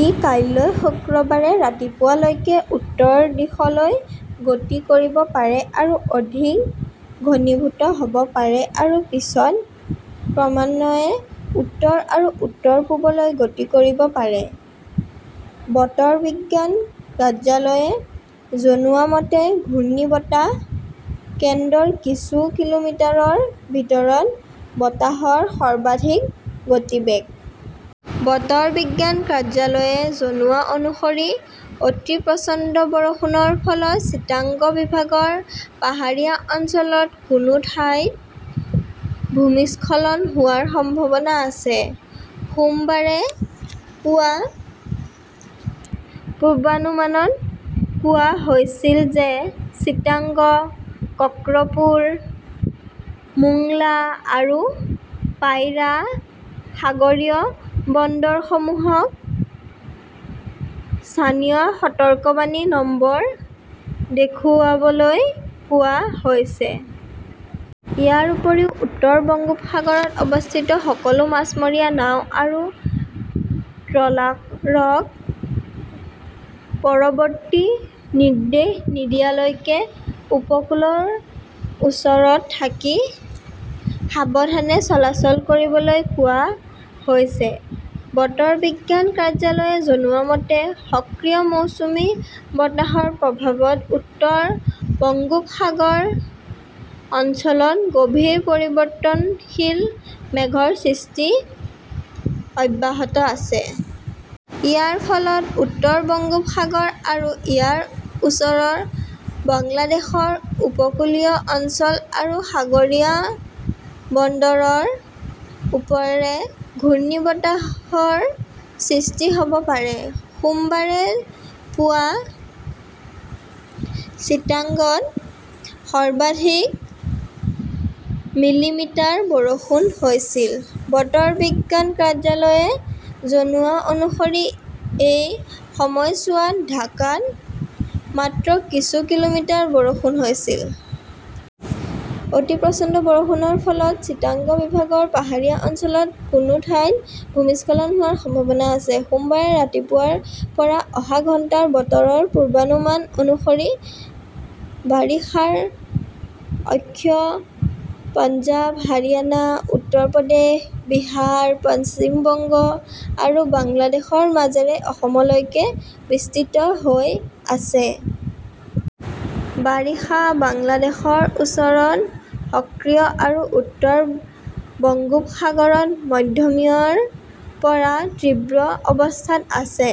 ই কাইলৈ শুক্ৰবাৰে ৰাতিপুৱা লৈকে উত্তৰ দিশলৈ গতি কৰিব পাৰে আৰু অধিক ঘনীভূত হ'ব পাৰে আৰু পিছত ক্ৰমান্বয়ে উত্তৰ আৰু উত্তৰ-পূবলৈ গতি কৰিব পাৰে। বতৰ বিজ্ঞান কাৰ্যালয়ে জনোৱা মতে, ঘূৰ্ণীবতাহ কেন্দ্ৰৰ কিছু কিলোমিটাৰৰ ভিতৰত বতাহৰ সৰ্বাধিক গতিবেগ। বতৰ বিজ্ঞান কাৰ্যালয়ে জনোৱা অনুসৰি অতি প্ৰচণ্ড বৰষুণৰ ফলত চিটাগং বিভাগৰ পাহাৰীয়া অঞ্চলত কোনো ঠাইত ভূমিস্খলন হোৱাৰ সম্ভাৱনা আছে। সোমবাৰে পুৱা পূৰ্বানুমানত কোৱা হৈছিল যে চিটাগং, কক্সপুৰ, মোংলা আৰু পায়ৰা সাগৰীয় বন্দৰসমূহক স্থানীয় সতৰ্কবাণী নম্বৰ দেখুৱাবলৈ কোৱা হৈছে। ইয়াৰ উপৰিও উত্তৰ বংগোপসাগৰত অৱস্থিত সকলো মাছমৰীয়া নাও আৰু ট্ৰলাৰক পৰৱৰ্তী নিৰ্দেশ নিদিয়ালৈকে উপকূলৰ ওচৰত থাকি সাৱধানে চলাচল কৰিবলৈ কোৱা হৈছে। বতৰ বিজ্ঞান কাৰ্যালয়ে জনোৱা মতে, সক্ৰিয় মৌচুমী বতাহৰ প্ৰভাৱত উত্তৰ বংগোপসাগৰ অঞ্চলত গভীৰ পৰিৱৰ্তনশীল মেঘৰ সৃষ্টি অব্যাহত আছে। ইয়াৰ ফলত উত্তৰ বংগোপসাগৰ আৰু ইয়াৰ ওচৰৰ বাংলাদেশৰ উপকূলীয় অঞ্চল আৰু সাগৰীয় বন্দৰৰ ওপৰেৰে ঘূৰ্ণীবতাহৰ সৃষ্টি হ'ব পাৰে। সোমবাৰে পুৱা চিটাগঙত সৰ্বাধিক মিলিমিটাৰ বৰষুণ হৈছিল। বতৰ বিজ্ঞান কাৰ্যালয়ে জনোৱা অনুসৰি এই সময়ছোৱাত ঢাকাত মাত্ৰ কিছু মিলিমিটাৰ বৰষুণ হৈছিল। অতি প্ৰচণ্ড বৰষুণৰ ফলত চিটাগং বিভাগৰ পাহাৰীয়া অঞ্চলত কোনো ঠাইত ভূমিস্খলন হোৱাৰ সম্ভাৱনা আছে। সোমবাৰে ৰাতিপুৱাৰ পৰা অহা ঘণ্টাৰ বতৰৰ পূৰ্বানুমান অনুসৰি, বাৰিষাৰ অক্ষ পঞ্জাৱ, হাৰিয়ানা, উত্তৰ প্ৰদেশ, বিহাৰ, পশ্চিমবংগ আৰু বাংলাদেশৰ মাজেৰে অসমলৈকে বিস্তৃত হৈ আছে। বাৰিষা বাংলাদেশৰ ওপৰত সক্ৰিয় আৰু উত্তৰ বংগোপসাগৰত মধ্যমীয়াৰ পৰা তীব্ৰ অৱস্থাত আছে।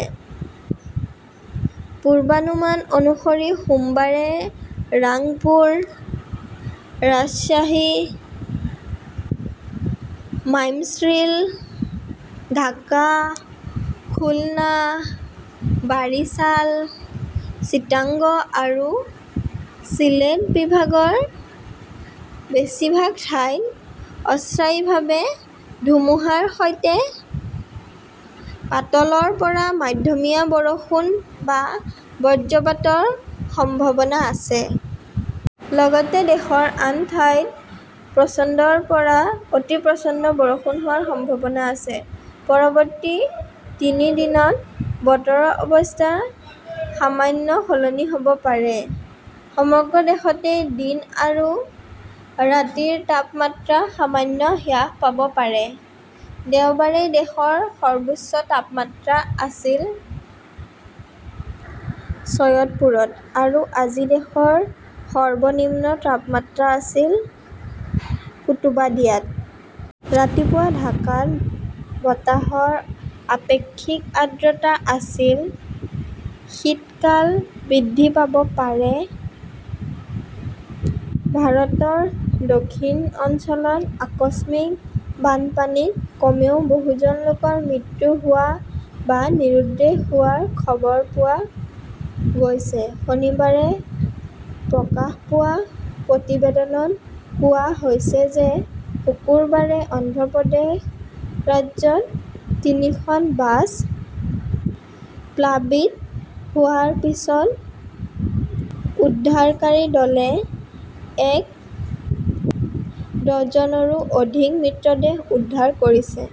পূৰ্বানুমান অনুসৰি সোমবাৰে ৰাংপুৰ, ৰাজশ্বাহী, মাইমশ্বিং, ঢাকা, খুলনা, বাৰিছাল, চিটাগং আৰু চিলেট বিভাগৰ বেছিভাগ ঠাইত অস্থায়ীভাৱে ধুমুহাৰ সৈতে পাতলৰ পৰা মধ্যমীয়া বৰষুণ বা বজ্ৰপাতৰ সম্ভাৱনা আছে। লগতে দেশৰ আন ঠাইত প্ৰচণ্ডৰ পৰা অতি প্ৰচণ্ড বৰষুণ হোৱাৰ সম্ভাৱনা আছে। পৰৱৰ্তী তিনি দিনত বতৰৰ অৱস্থা সামান্য সলনি হ'ব পাৰে। সমগ্ৰ দেশতে দিন আৰু ৰাতিৰ তাপমাত্ৰা সামান্য হ্ৰাস পাব পাৰে। দেওবাৰে দেশৰ সৰ্বোচ্চ তাপমাত্ৰা আছিল চৈয়দপুৰত আৰু আজি দেশৰ সৰ্বনিম্ন তাপমাত্ৰা আছিল কুতুবাদিয়াত। ৰাতিপুৱা ঢাকাত বতাহৰ আপেক্ষিক আৰ্দ্ৰতা আছিল। শীতকাল বৃদ্ধি পাব পাৰে ভাৰতৰ দক্ষিণ অংশত আকস্মিক বানপানীত কমেও বহুজন লোকৰ মৃত্যু হোৱা বা নিৰুদ্দেশ হোৱাৰ খবৰ পোৱা গৈছে। শনিবাৰে প্ৰকাশ পোৱা প্ৰতিবেদনত কোৱা হৈছে যে শুকুৰবাৰে অন্ধ্ৰ প্ৰদেশ ৰাজ্যত তিনিখন বাছ প্লাবিত হোৱাৰ পিছত উদ্ধাৰকাৰী দলে এক ডজনৰো অধিক মৃতদেহ উদ্ধাৰ কৰিছে।